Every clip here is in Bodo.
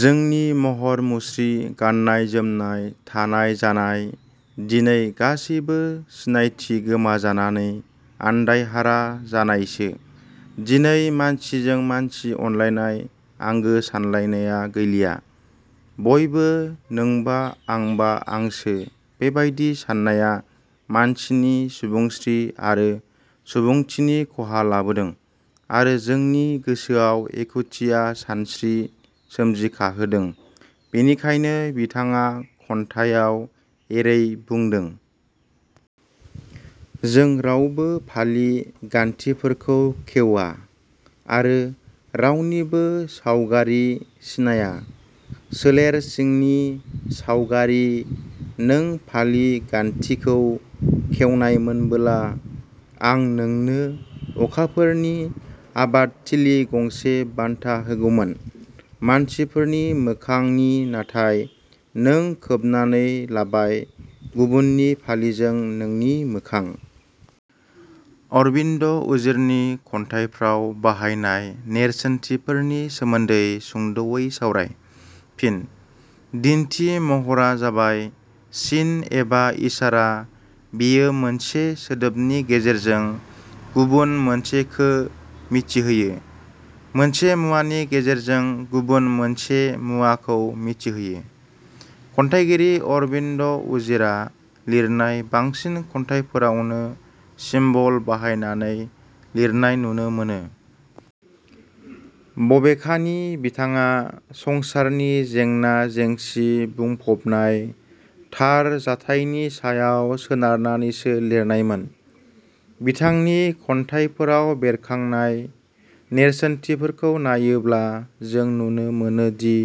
जोंनि महर मुस्रि, गाननाय जोमनाय, थानाय जानाय दिनै गासैबो सिनायथि गोमाजानानै आन्दायहारा जानायसो दिनै मानसिजों मानसि अनलायनाय, आंगो सानलायनाया गैलिया। बयबो नोंबा आंबा आंसो बेबायदि साननाया मानसिनि सुबुंस्रि आरो सुबुंथिनि खहा लाबोदों आरो जोंनि गोसोआव एखुथिया सानस्रि सोमजिखाहोदों बेनिखायनो बिथाङा खन्थाइयाव एरै बुदों-। जों रावबो फालि गान्थिफोरखौ खेउवा आरो रावनिबो साउगारि सिनाया। सोलेर सिंनि साउगारि नों फालि गान्थिखौ खेवनायमोनबोला आं नोंनो अखाफोरनि आबादथिलि गंसे बान्था होगौमोन मानसिफोरनि मोखांनि नाथाय नों खोबनानै लाबाय गुबुननि फालिजों नोंनि मोखां। अरविन्द उजिरनि खन्थाइफ्राव बाहायनाय नेरसोनथिफोर नि सोमोन्दै सुंदवै सावराय। फिन: दिन्थि महरा जाबाय सिन एबा इसारा बेयो मोनसे सोदोबनि गेजेरजों गुबुन मोनसेखो मिथिहोयो। मोनसे मुवानि गेजेरजों गुबुन मोनसे मुवाखौ मिथिहोयो। खन्थाइगिरि अरबिन्द उजिरा लिरनाय बांसिन खन्थाइफोरावनो सिम्बल बाहायनानै लिरनाय नुनो मोनो। बबेखानि बिथाङा संसारनि जेंना-जेंसि बुंफबनाय थार जाथाइनि सायाव सोनारनानैसो लिरनायमोन। बिथांनि खन्थाइफोराव बेरखांनाय नेरसोनथिफोरखौ नायोब्ला जों नुनो मोनोदि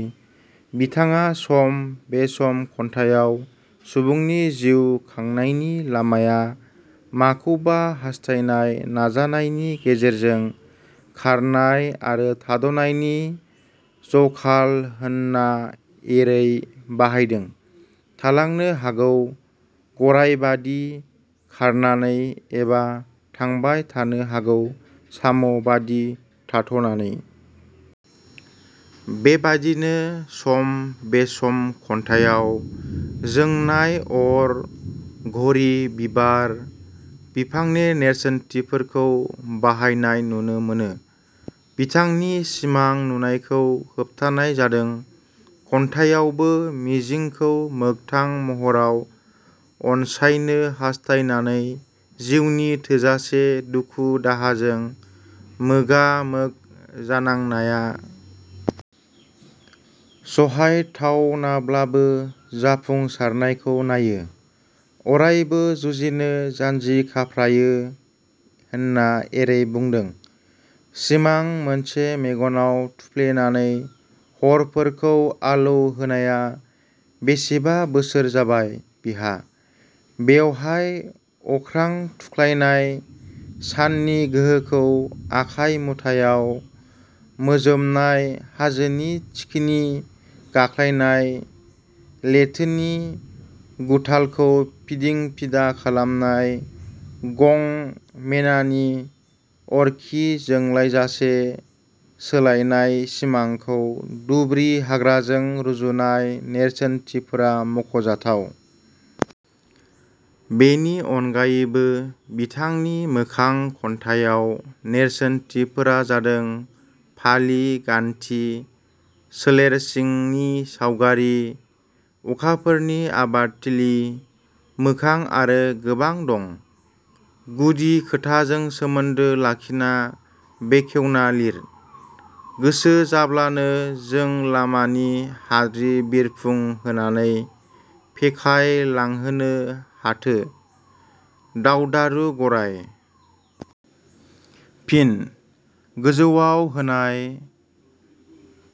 बिथाङा सम बेसम' खन्थाइयाव सुबुंनि जिव खांनायनि लामाया माखौबा हास्थायनाय नाजानायनि गेजेरजों खारनाय आरो थाद'नायनि जखाल' होनना एरै बाहायदों- थालांनो हागौ गराइबादि खारनानै एबा थांबाय थानो हागौ साम 'बादि थाथ'नानै। " बेबादिनो 'सम बेसम' खन्थाइयाव जोंनाय अर घरि बिबार – बिफांनि नेरसोनथिफोरखौ बाहायनाय नुनो मोनो बिथांनि सिमां नुनायखौ होबथानाय जादों खन्थायावबो मिजिंखौ मोखथां महराव अनसायनो हास्थायनानै जिउनि थोजासे दुखु दाहाजों मोगा मोग जानांनाया सहायथावनाब्लाबो जाफुं -सारनायखौ नायो अरायबो जुजिनो जानजिखाफ्रायो होनना एरै बुंदों- "सिमां मोनसे मेगनाव थुफ्लेनानै हरफोरखौ आलौ होनाया बेसेबा बोसोर जाबाय बिहा बेवहाय अख्रां थुख्लायनाय, साननि गोहोखौ आखाय मुथायाव मोजोमनाय हाजोनि थिखिनि गाख्लायनाय, लेथोनि गुथालखौ फिदिं फिदा खालामनाय, गं मेनानि अरखि जोंलायजासे सोलायनाय सिमांखौ दुब्रि हाग्राजों रुजुनाय नेरसोनथिफोरा मखजाथाव। बेनि अनगायैबो बिथांनि 'मोखां' खन्थाइयाव नेरसोनथिफोरा जादों फालि गान्थि, सोलेरसिंनि सावगारि, अखाफोरनि आबादथिलि, मोखां आरो गोबां दं। गुदि खोथाजों सोमोन्दो लाखिना बेखेवना लिर। "गोसो जाब्लानो जों लामानि हाद्रि-बिरफुं होनानै फेखाय लांहोनो हाथो दावदारु गराइ। " फिन: गोजौवाव होनाय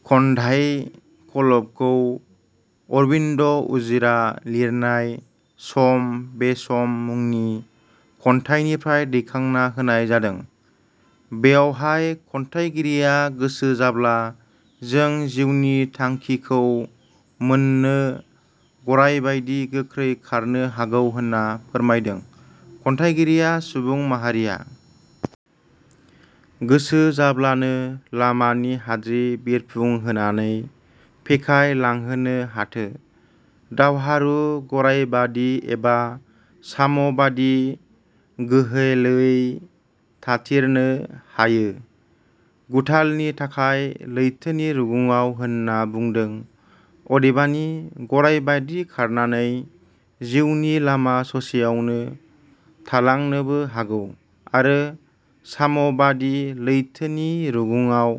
खन्धाइ खलबखौ अरबिन्द उजिरा लिरनाय सम बेसम' मुंनि खन्थाइनिफ्राइ दैखांना होनाय जादों। बेवहाय खन्थाइगिरिया गोसो जाब्ला जों जिउनि थांखिखौ मोननो गराइबादि गोख्रै खारनो हागौ होनना फोरमायदों। खन्थाइगिरिया सुबुं माहारिया गोसो जाब्लानो लामानि हाद्रि बिरफुं होनानै फेखाय लांहोनो हाथो दावहारु गराइबादि एबा साम' बादि गोहेलोयै थाथिरनो हायो गुथालनि थाखाय लैथोनि रुगुङाव होनना बुंदों अदेबानि गराइबायदि खारनानै जिउनि लामा ससेयावनो थालांनोबो हागौ आरो साम 'बादि लैथोनि रुगुङाव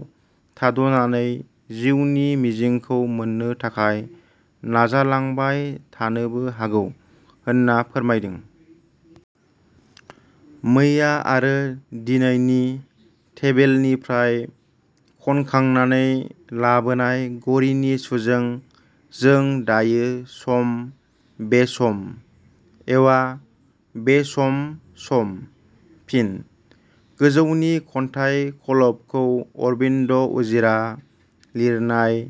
थाद'नानै जिउनि मिजिंखौ मोननो थाखाय नाजालांबाय थानोबो हागौ होनना फोरमायदों। "मैया आरो दिनैनि टेबिलनिफ्राय खनखांनानै लाबोनाय धरिनि सुजों जों दायो सम-बेसम एवा बेसम सम। " फिन: गोजौनि खन्थाइ खलबखौ अरबिन्द उजिरा लिरनाय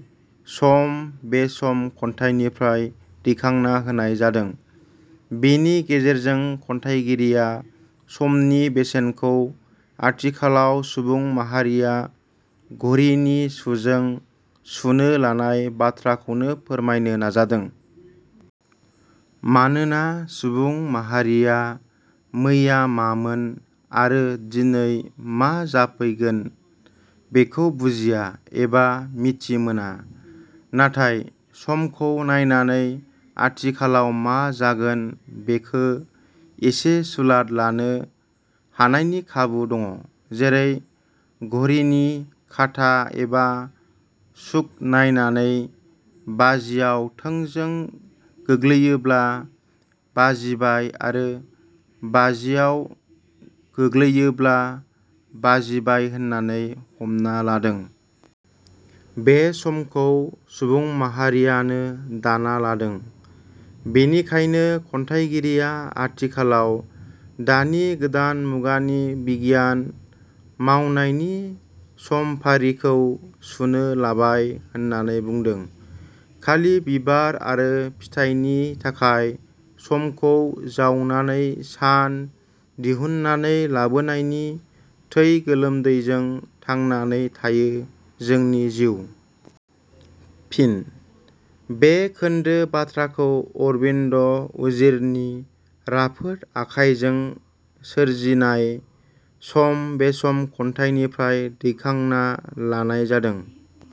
'सम बेसम' खन्थाइनिफ्राय दैखांना होनाय जादों। बेनि गेजेरजों खन्थाइगिरिया समनि बेसेनखौ आथिखालाव सुबुं माहारिया घरिनि सुजों सुनो लानाय बाथ्राखौनो फोरमायनो नाजादों। मानोना सुबुं माहारिया मैया मामोन आरो दिनै मा जाफैगोन बेखौ बुजिया एबा मिथिमोना। नाथाय समखौ नायनानै आथिखालाव मा जागोन बेखो इसे सुलाद लानो हानायनि खाबु दङ। जेरै घरिनि काटा एबा सुख नायनानै बाजियाव थोंजों गोग्लैयोब्ला बाजिबाय आरो बाजियाव गोग्लैयोब्ला बाजिबाय होननानै हमना लादों। बे समखौ सुबुं माहारियानो दाना लादों। बेनिखायनो खन्थाइगिरिया आथिखालाव दानि गोदान मुगानि बिगियान मावनायनि समफारिखौ सुनो लाबाय होननानै बुंदों। खालि बिबार आरो फिथायनि थाखाय समखौ जावनानै सान दिहुननानै लाबोनायनि थै गोलोमदैजों थांनानै थायो जोंनि जिव। फिन: बे खोन्दो बाथ्राखौ अरबिन्द उजिरनि राफोद आखायजों सोरजिनाय 'सम बेसम' खन्थाइनिफ्राय दैखांना लानाय जादों।